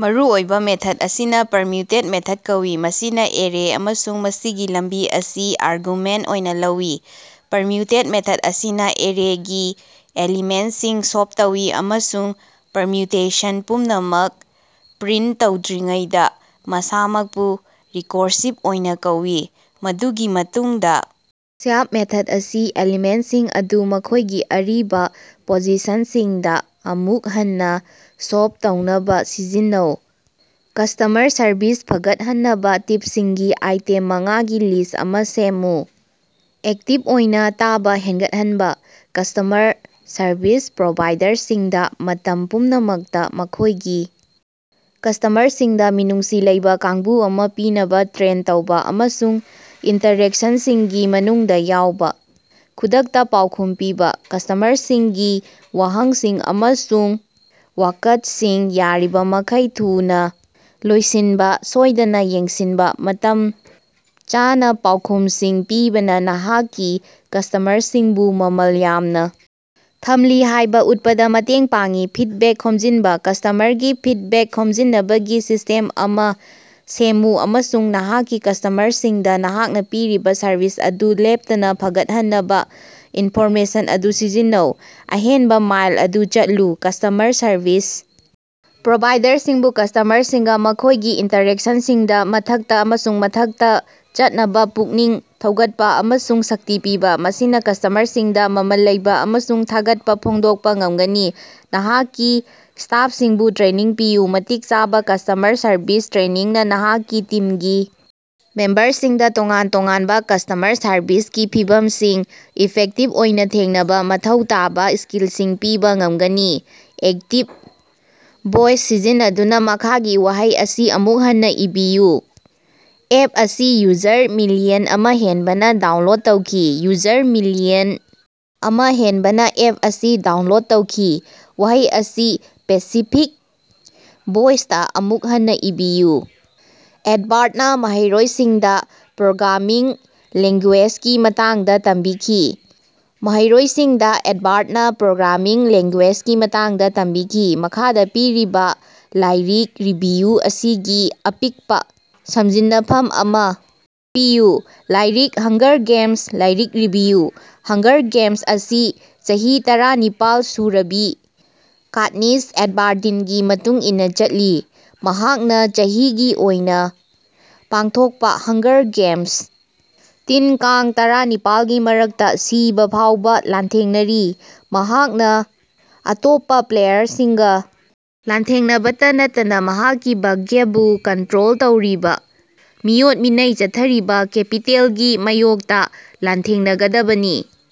ꯃꯔꯨꯑꯣꯏꯕ ꯃꯦꯊꯗ ꯑꯁꯤꯅ permutate method ꯀꯧꯏ, ꯃꯁꯤꯅ ꯑꯦꯔꯦ ꯑꯃꯁꯨꯡ ꯃꯁꯤꯒꯤ ꯂꯝꯕꯤ ꯑꯁꯤ ꯑꯥꯔꯒꯨꯃꯦꯟꯇ ꯑꯣꯏꯅ ꯂꯧꯏ꯫ ꯄꯔꯃ꯭ꯌꯨꯇꯦꯠ ꯃꯦꯊꯗ ꯑꯁꯤꯅ ꯑꯦꯔꯦꯒꯤ ꯑꯦꯂꯤꯃꯦꯟꯇꯁꯤꯡ ꯁꯣꯞ ꯇꯧꯏ ꯑꯃꯁꯨꯡ ꯄꯔꯃ꯭ꯌꯨꯇꯦꯁꯟ ꯄꯨꯝꯅꯃꯛ ꯄ꯭ꯔꯤꯟꯇ ꯇꯧꯗ꯭ꯔꯤꯉꯩꯗ ꯃꯁꯥꯃꯛꯄꯨ ꯔꯤꯀꯣꯔꯁꯤꯕ ꯑꯣꯏꯅ ꯀꯧꯏ꯫ ꯃꯗꯨꯒꯤ ꯃꯇꯨꯡꯗ ꯁ꯭ꯕ꯭ꯌꯥꯞ ꯃꯦꯊꯗ ꯑꯁꯤ ꯑꯦꯂꯤꯃꯦꯟꯇꯁꯤꯡ ꯑꯗꯨ ꯃꯈꯣꯏꯒꯤ ꯑꯔꯤꯕ ꯄꯣꯖꯤꯁꯟꯁꯤꯡꯗ ꯑꯃꯨꯛ ꯍꯟꯅꯥ ꯁꯣꯞ ꯇꯧꯅꯕꯥ ꯁꯤꯖꯤꯟꯅꯧ꯫ ꯀꯁ꯭ꯇꯃꯔ ꯁꯔꯚꯤꯁ ꯐꯒꯠꯍꯟꯅꯕ ꯇꯤꯞꯁꯤꯡꯒꯤ ꯑꯥꯏꯇꯦꯝ ꯃꯉꯥꯒꯤ ꯂꯤꯁ꯭ꯠ ꯑꯃ ꯁꯦꯝꯃꯨ꯫ ꯑꯦꯛꯇꯤꯕ ꯑꯣꯏꯅ ꯇꯥꯕ ꯍꯦꯟꯒꯠꯍꯟꯕ - ꯀꯁ꯭ꯇꯃꯔ ꯁꯔꯚꯤꯁ ꯄ꯭ꯔꯣꯚꯥꯏꯗꯔꯁꯤꯡꯗ ꯃꯇꯝ ꯄꯨꯝꯅꯃꯛꯇ ꯃꯈꯣꯏꯒꯤ ꯀꯁ꯭ꯇꯃꯔꯁꯤꯡꯗ ꯃꯤꯅꯨꯡꯁꯤ ꯂꯩꯕ ꯀꯥꯡꯕꯨ ꯑꯃ ꯄꯤꯅꯕꯥ ꯇ꯭ꯔꯦꯟ ꯇꯧꯕ, ꯑꯃꯁꯨꯡ ꯏꯟꯇꯔꯦꯛꯁꯟꯁꯤꯡꯒꯤ ꯃꯅꯨꯡꯗ ꯌꯥꯎꯕ꯫ ꯈꯨꯗꯛꯇ ꯄꯥꯎꯈꯨꯝ ꯄꯤꯕꯥ - ꯀꯁ꯭ꯇꯃꯔꯁꯤꯡꯒꯤ ꯋꯥꯍꯪꯁꯤꯡ ꯑꯃꯁꯨꯡ ꯋꯥꯀꯠꯁꯤꯡ ꯌꯥꯔꯤꯕꯃꯈꯩ ꯊꯨꯅ ꯂꯣꯏꯁꯤꯟꯕ ꯁꯣꯏꯗꯅ ꯌꯦꯡꯁꯤꯟꯕ꯫ ꯃꯇꯝ ꯆꯥꯅ ꯄꯥꯎꯈꯨꯝꯁꯤꯡ ꯄꯤꯕꯅ ꯅꯍꯥꯛꯀꯤ ꯀꯁ꯭ꯇꯃꯔꯁꯤꯡꯕꯨ ꯃꯃꯜ ꯌꯥꯝꯅ ꯊꯝꯂꯤ ꯍꯥꯏꯕ ꯎꯠꯄꯗ ꯃꯇꯦꯡ ꯄꯥꯡꯏ꯫ ꯐꯤꯗꯕꯦꯛ ꯈꯣꯝꯖꯤꯟꯕ - ꯀꯁ꯭ꯇꯃꯔꯒꯤ ꯐꯤꯗꯕꯦꯛ ꯈꯣꯝꯖꯤꯟꯅꯕꯒꯤ ꯁꯤꯁꯇꯦꯝ ꯑꯃ ꯁꯦꯝꯃꯨ ꯑꯃꯁꯨꯡ ꯅꯍꯥꯛꯀꯤ ꯀꯁ꯭ꯇꯃꯔꯁꯤꯡꯗ ꯅꯍꯥꯛꯅ ꯄꯤꯔꯤꯕ ꯁꯔꯚꯤꯁ ꯑꯗꯨ ꯂꯦꯞꯇꯅꯥ ꯐꯒꯠꯍꯟꯅꯕ ꯏꯟꯐꯣꯔꯃꯦꯁꯟ ꯑꯗꯨ ꯁꯤꯖꯤꯟꯅꯧ꯫ ꯑꯍꯦꯟꯕ ꯃꯥꯏꯜ ꯑꯗꯨ ꯆꯠꯂꯨ - ꯀꯁ꯭ꯇꯃꯔ ꯁꯔꯚꯤꯁ ꯄ꯭ꯔꯣꯚꯥꯏꯗꯔꯁꯤꯡꯕꯨ ꯀꯁ꯭ꯇꯃꯔꯁꯤꯡꯒ ꯃꯈꯣꯏꯒꯤ ꯏꯟꯇꯔꯦꯛꯁꯟꯁꯤꯡꯗ ꯃꯊꯛꯇ ꯑꯃꯁꯨꯡ ꯃꯊꯛꯇ ꯆꯠꯅꯕ ꯄꯨꯛꯅꯤꯡ ꯊꯧꯒꯠꯄ ꯑꯃꯁꯨꯡ ꯁꯛꯇꯤ ꯄꯤꯕꯥ, ꯃꯁꯤꯅ ꯀꯁ꯭ꯇꯃꯔꯁꯤꯡꯗ ꯃꯃꯜ ꯂꯩꯕ ꯑꯃꯁꯨꯡ ꯊꯥꯒꯠꯄ ꯐꯣꯡꯗꯣꯛꯄ ꯉꯝꯒꯅꯤ꯫ ꯅꯍꯥꯛꯀꯤ ꯁ꯭ꯇꯥꯐꯁꯤꯡꯕꯨ ꯇ꯭ꯔꯦꯅꯤꯡ ꯄꯤꯌꯨ - ꯃꯇꯤꯛ ꯆꯥꯕ ꯀꯁ꯭ꯇꯃꯔ ꯁꯔꯚꯤꯁ ꯇ꯭ꯔꯦꯅꯤꯡꯅ ꯅꯍꯥꯛꯀꯤ ꯇꯤꯝꯒꯤ ꯃꯦꯝꯕꯔꯁꯤꯡꯗ ꯇꯣꯉꯥꯟ-ꯇꯣꯉꯥꯟꯕ ꯀꯁ꯭ꯇꯃꯔ ꯁꯔꯚꯤꯁꯀꯤ ꯐꯤꯚꯝꯁꯤꯡ ꯏꯐꯦꯛꯇꯤꯕ ꯑꯣꯏꯅ ꯊꯦꯡꯅꯕ ꯃꯊꯧ ꯇꯥꯕ ꯁ꯭ꯀꯤꯜꯁꯤꯡ ꯄꯤꯕ ꯉꯝꯒꯅꯤ꯫ ꯑꯦꯛꯇꯤꯕ ꯚꯣꯏꯁ ꯁꯤꯖꯤꯟꯅꯗꯨꯅ ꯃꯈꯥꯒꯤ ꯋꯥꯍꯩ ꯑꯁꯤ ꯑꯃꯨꯛ ꯍꯟꯅꯥ ꯏꯕꯤꯌꯨ - ꯑꯦꯞ ꯑꯁꯤ ꯌꯨꯖꯔ ꯃꯤꯂꯤꯌꯟ ꯑꯃ ꯍꯦꯟꯕꯅ ꯗꯥꯎꯟꯂꯣꯗ ꯇꯧꯈꯤ꯫ ꯌꯨꯖꯔ ꯃꯤꯂꯤꯌꯟ ꯑꯃ ꯍꯦꯟꯕꯅ ꯑꯦꯞ ꯑꯁꯤ ꯗꯥꯎꯟꯂꯣꯗ ꯇꯧꯈꯤ꯫ ꯋꯥꯍꯩ ꯑꯁꯤ ꯄꯦꯁꯤꯐꯤꯛ ꯚꯣꯏꯁꯇꯥ ꯑꯃꯨꯛ ꯍꯟꯅ ꯏꯕꯤꯌꯨ -ꯑꯦꯗꯕꯥꯔꯗꯅꯥ ꯃꯍꯩꯔꯣꯏꯁꯤꯡꯗ ꯄ꯭ꯔꯣꯒ꯭ꯔꯥꯃꯤꯡ ꯂꯦꯡꯒꯨꯌꯦꯖꯒꯤ ꯃꯇꯥꯡꯗ ꯇꯝꯕꯤꯈꯤ꯫ ꯃꯍꯩꯔꯣꯏꯁꯤꯡꯗ ꯑꯦꯗꯕꯥꯔꯗꯅꯥ ꯄ꯭ꯔꯣꯒ꯭ꯔꯥꯃꯤꯡ ꯂꯦꯡꯒꯨꯌꯦꯖꯒꯤ ꯃꯇꯥꯡꯗ ꯇꯝꯕꯤꯈꯤ꯫ ꯃꯈꯥꯗ ꯄꯤꯔꯤꯕ ꯂꯥꯏꯔꯤꯛ ꯔꯤꯚꯤꯌꯨ ꯑꯁꯤꯒꯤ ꯑꯄꯤꯛꯄ ꯁꯝꯖꯤꯟꯅꯐꯝ ꯑꯃ ꯄꯤꯌꯨ꯫ ꯂꯥꯏꯔꯤꯛ -ꯍꯪꯒꯔ ꯒꯦꯃꯁ ꯂꯥꯏꯔꯤꯛ ꯔꯤꯚꯤꯌꯨ - ꯍꯪꯒꯔ ꯒꯦꯃꯁ ꯑꯁꯤ ꯆꯍꯤ ꯇꯔꯥꯅꯤꯄꯥꯜ ꯁꯨꯔꯕꯤ ꯀꯥꯠꯅꯤꯁ ꯑꯦꯚꯥꯔꯗꯤꯟꯒꯤ ꯃꯇꯨꯡ ꯏꯟꯅꯥ ꯆꯠꯂꯤ, ꯃꯍꯥꯛꯅ ꯆꯍꯤꯒꯤ ꯑꯣꯏꯅ ꯄꯥꯡꯊꯣꯛꯄ ꯍꯪꯒꯔ ꯒꯦꯃꯁ, ꯇꯤꯟ-ꯀꯥꯡ ꯇꯔꯥꯅꯤꯄꯥꯜꯒꯤ ꯃꯔꯛꯇ ꯁꯤꯕꯥ ꯐꯥꯎꯕ ꯂꯥꯟꯊꯦꯡꯅꯔꯤ꯫ ꯃꯍꯥꯛꯅ ꯑꯇꯣꯞꯄ ꯄ꯭ꯂꯦꯌꯔꯁꯤꯡꯒ ꯂꯥꯟꯊꯦꯡꯅꯕꯇꯥ ꯅꯠꯇꯅ ꯃꯍꯥꯛꯀꯤ ꯚꯥꯒ꯭ꯌꯕꯨ ꯀꯟꯇ꯭ꯔꯣꯜ ꯇꯧꯔꯤꯕ ꯃꯤꯑꯣꯠ-ꯃꯤꯅꯩ ꯆꯠꯊꯔꯤꯕ‌ ꯀꯦꯄꯤꯇꯦꯜꯒꯤ ꯃꯥꯌꯣꯛꯇ ꯂꯥꯟꯊꯦꯡꯅꯒꯗꯕꯅꯤ꯫